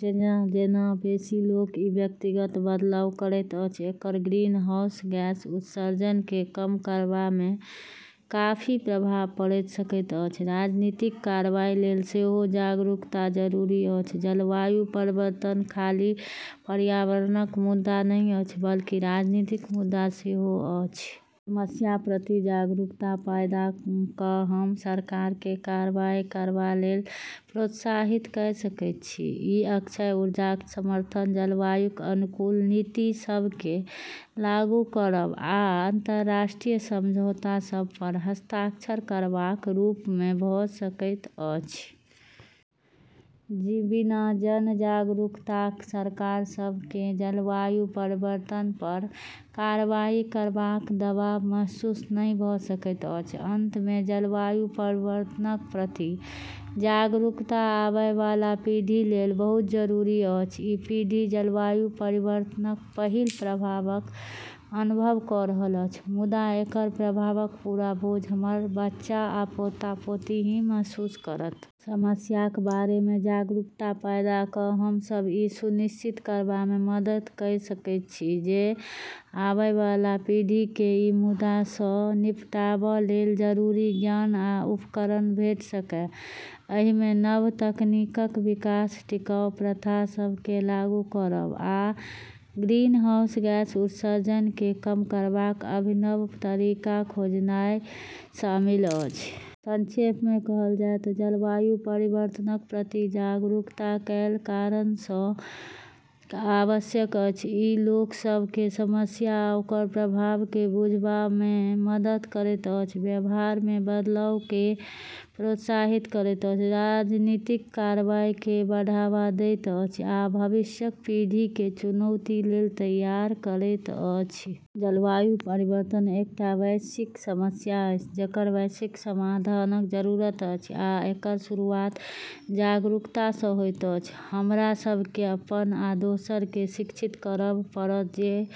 जेना-जेना बेसी लोक ई व्यक्तिगत बदलाव करैत अछि, एकर ग्रीनहाउस गैस उत्सर्जन केँ कम करबामे काफी प्रभाव पड़ि सकैत अछि। राजनीतिक कार्रवाई लेल सेहो जागरूकता जरूरी अछि। जलवायु परिवर्तन खाली पर्यावरणक मुद्दा नहि अछि बल्कि राजनीतिक मुद्दा सेहो अछि। समस्याक प्रति जागरूकता पैदा कऽ हम सरकारकेँ कार्रवाई करबा लेल प्रोत्साहित कइ सकैत छी। ई अक्षय ऊर्जाक समर्थन, जलवायुक अनुकूल नीति सभ केँ लागू करब, आ अंतर्राष्ट्रीय समझौता सभ पर हस्ताक्षर करबाक रूपमे भऽ सकैत अछि। बिना जन-जागरूकताक सरकार सभ केँ जलवायु परिवर्तन पर कार्रवाई करबाक दबाव महसूस नहि भऽ सकैत अछि। अंतमे, जलवायु परिवर्तनक प्रति जागरूकता आबए बला पीढ़ी लेल बहुत जरूरी अछि। ई पीढ़ी जलवायु परिवर्तनक पहिल प्रभावक अनुभव कऽ रहल अछि, मुदा एकर प्रभावक पूरा बोझ हमर बच्चा आ पोता-पोती ही महसूस करत। समस्याक बारेमे जागरूकता पैदा कऽ हम सभ ई सुनिश्चित करबामे मदद कइ सकैत छी जे आबए बला पीढ़ी केँ ई मुद्दा सँ निपटबा लेल जरूरी ज्ञान आ उपकरण भेटि सकए। एहिमे नव तकनीकक विकास, टिकाऊ प्रथा सभ केँ लागू करब, आ ग्रीनहाउस गैस उत्सर्जन केँ कम करबाक अभिनव तरीका खोजनाइ शामिल अछि। संक्षेपमे कहल जाए तँ जलवायु परिवर्तनक प्रति जागरूकता कएक कारण सँ आवश्यक अछि। ई लोक सभ केँ समस्या आ ओकर प्रभाव केँ बुझबामे मदद करैत अछि, व्यवहारमे बदलाव केँ प्रोत्साहित करैत अछि, राजनीतिक कार्रवाई केँ बढ़ावा दैत अछि, आ भविष्यक पीढ़ी केँ चुनौती लेल तैयार करैत अछि। जलवायु परिवर्तन एकटा वैश्विक समस्या अछि जेकर वैश्विक समाधानक जरूरत अछि, आ एकर शुरुआत जागरूकता सँ होइत अछि। हमरा सभ केँ अपन आ दोसरा केँ शिक्षित करब पड़त जे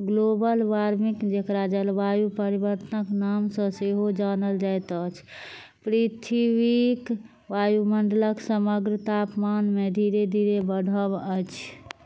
ग्लोबल वार्मिंग, जेकरा जलवायु परिवर्तनक नाम सँ सेहो जानल जाइत अछि, पृथ्वीक वायुमंडलक समग्र तापमानमे धीरे-धीरे बढ़ब अछि।